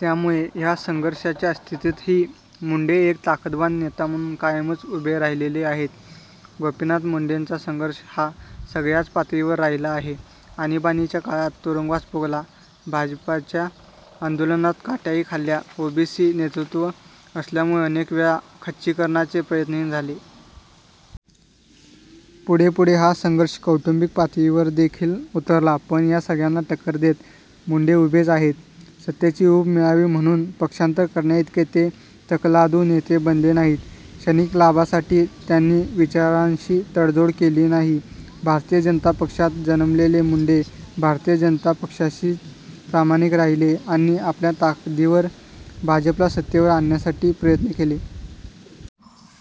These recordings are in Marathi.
त्यामुळे या संघर्षाच्या स्थितीतही मुंडे एक ताकदवान नेता म्हणून कायमच उभे राहिलेले आहेत. गोपीनाथ मुंडेंचा संघर्ष हा सगळय़ाच पातळीवर राहिला आहे. आणीबाणीच्या काळात तुरुंगवास भोगला. भाजपाच्या आन्दोलनात काठय़ाही खाल्ल्या. ओबीसी नेतृत्व असल्यामुळे अनेकवेळा खच्चीकरणाचे प्रयत्नही झाले. पुढे-पुढे हा संघर्ष कौटुंबिक पातळीवरदेखील उतरला; पण या सगळय़ांना टक्कर देत मुंडे उभेच आहेत. सत्तेची ऊब मिळावी म्हणून पक्षान्तर करण्याइतके ते तकलादू नेते बनले नाहीत. क्षणिक लाभासाठी त्यांनी विचारांशी तडजोड केली नाही. भारतीय जनता पक्षात जन्मलेले मुंडे, भारतीय जनता पक्षाशीच प्रामाणिक राहिले आणि आपल्या ताकदीवर भाजपाला सत्तेवर आणण्यासाठी प्रयत्न केले.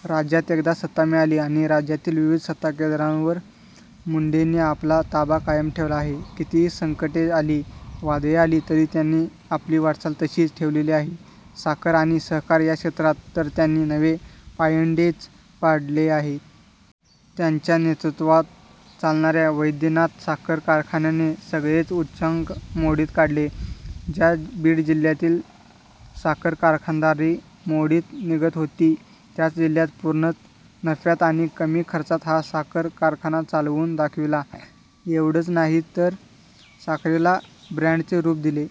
राज्यात एकदा सत्ता मिळाली आणि राज्यातील विविध सत्ताकेंद्रावर मुंडेंनी आपला ताबा कायम ठेवला आहे. कितीही संकटे आली, वादळे आली तरी त्यांनी आपली वाटचाल तशीच ठेवलेली आहे. साखर आणि सहकार या क्षेत्रात तर त्यांनी नवे पायंडेच पाडले आहेत. त्यांच्या नेतृत्वात चालणाऱ्या वैद्यनाथ साखर कारखान्याने सगळेच उच्चांक मोडीत काढले. ज्या बीड जिल्ह्यातील साखर कारखानदारी मोडीत निघत होती, त्याच जिल्ह्यात पूर्णत नफ्यात आणि कमी खर्चात हा साखर कारखाना चालवून दाखविला. एवढंच नाहीतर साखरेला ब्रॅंडचे रूप दिले.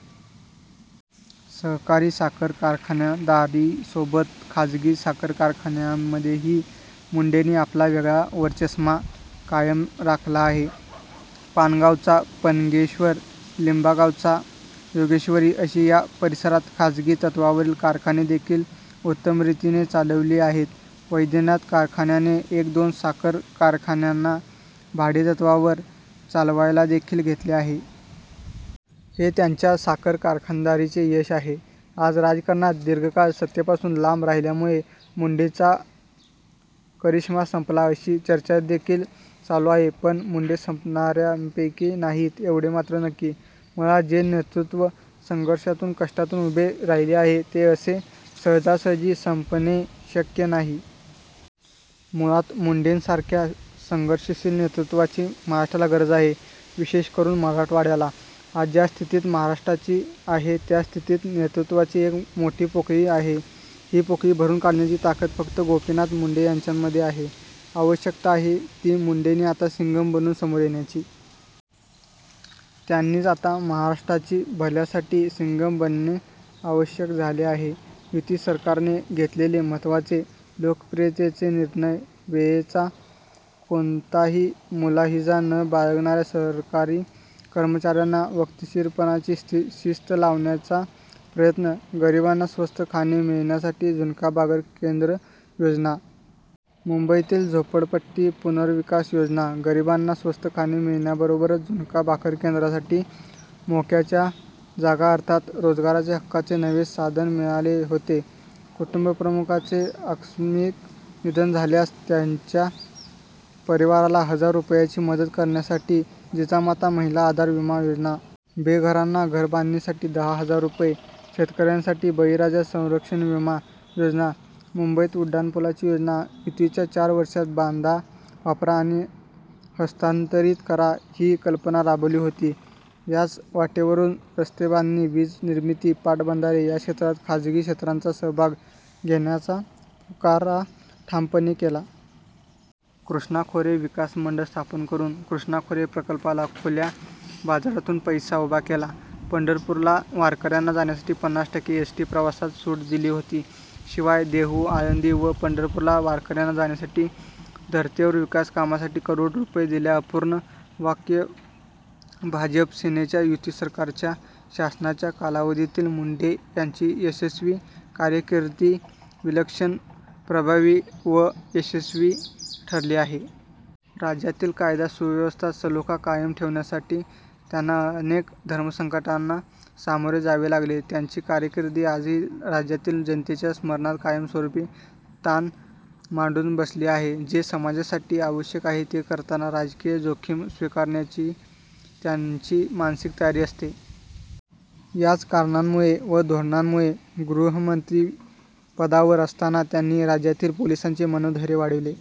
सहकारी साखर कारखानदारीसोबत खासगी साखर कारखान्यांमध्येही मुंडेंनी आपला वेगळा वरचष्मा कायम राखला आहे. पानगावचा पन्नगेश्वर, लिम्बा गावचा योगेश्वरी, अशी या परिसरात खासगी तत्त्वावरील कारखानेदेखील उत्तमरीतीने चालविले आहेत. वैद्यनाथ कारखान्याने एक-दोन साखर कारखान्यांना भाडेतत्त्वावर चालवायलादेखील घेतले आहे. हे त्यांच्या साखर कारखानदारीचे यश आहे. आज राजकारणात दीर्घकाळ सत्तेपासून लांब राहिल्यामुळे मुंडेंचा करिष्मा सम्पला, अशी चर्चादेखील चालू आहे. पण मुंडे संपणाऱ्यांपैकी नाहीत एवढे मात्र नक्की. मुळात जे नेतृत्व संघर्षातून, कष्टातून उभे राहिले आहे, ते असे सहजासहजी संपणे शक्य नाही. मुळात मुंडेंसारख्या संघर्षशील नेतृत्वाची महाराष्ट्राला गरज आहे. विशेष करून मराठवाडय़ाला. आज ज्या स्थितीत महाराष्ट्राची आहे त्या स्थितीत नेतृत्वाची एक मोठी पोकळी आहे. ही पोकळी भरून काढण्याची ताकद फक्त गोपीनाथ मुंडे यांच्यामध्ये आहे. आवश्यकता आहे ती मुंडेंनी आता सिंघम बनून समोर येण्याची. त्यांनीच आता महाराष्ट्राची भल्यासाठी सिंघम बनणे आवश्यक झाले आहे. युती सरकारने घेतलेले महत्त्वाचे लोकप्रियतेचे निर्णय: वेळेचा कोणताही मुलाहिजा न बाळगणाऱ्या सरकारी कर्मचाऱ्यांना वक्तशीरपणाची शिस्त लावण्याचा प्रयत्न. गरिबांना स्वस्त खाणे मिळण्यासाठी झुणका भाकर केंद्र योजना. मुम्बईतील झोपडपट्टी पुनर्विकास योजना. गरिबांना स्वस्त खाणे मिळण्याबरोबरच झुणका भाकर केंद्रांसाठी मोक्याच्या जागा अर्थात रोजगाराचे हक्काचे नवे साधन मिळाले होते. कुटुम्बप्रमुखाचे आकस्मिक निधन झाल्यास त्याच्या परिवाराला हजार रुपयांची मदत करण्यासाठी जिजामाता महिला आधार विमा योजना. बेघरांना घरबांधणीसाठी दहा हजार रुपये. शेतकऱ्यांसाठी बळीराजा संरक्षण विमा योजना. मुम्बईत उड्डाणपुलांची योजना. युतीच्या चार वर्षांत 'बांधा, वापरा आणि हस्तांतरित करा,' ही कल्पना राबवली होती. याच वाटेवरून रस्तेबांधणी, वीज निर्मिती, पाटबंधारे या क्षेत्रांत खाजगी क्षेत्रांचा सहभाग घेण्याचा पुकारा ठामपणे केला. कृष्णा खोरे विकास मण्डळ स्थापन करून कृष्णा खोरे प्रकल्पाला खुल्या बाजारातून पैसा उभा केला. पण्ढरपूरला वारकऱ्यांना जाण्यासाठी पन्नास टक्के एस. टी. प्रवासात सुट दिली होती. शिवाय देहू, आळन्दी व पण्ढरपूरला वारकऱ्यांना जाण्यासाठी धर्तीवर विकास कामासाठी करोडो रुपये दिल्या अपूर्ण वाक्य भाजप -सेनेच्या युतीसरकारच्या शासनाच्या कालावधीतील मुंडे यांची यशस्वी कारकीर्द विलक्षण प्रभावी व यशस्वी ठरली आहे. राज्यातील कायदा सुव्यवस्था सलोखा कायम ठेवण्यासाठी त्यांना अनेक धर्मसंकटांना सामोरे जावे लागले, त्यांची कारकीर्द आजही राज्यातील जनतेच्या स्मरणात कायम स्वरूपी ताण मांडून बसली आहे. जे समाजासाठी आवश्यक आहे ते करताना राजकीय जोखीम स्वीकारण्याची त्यांची मानसिक तयारी असते. याच कारणांमुळे व धोरणांमुळे गृहमंत्री पदावर असतांना त्यांनी राज्यातील पोलिसांचे मनोधैर्य वाढविले.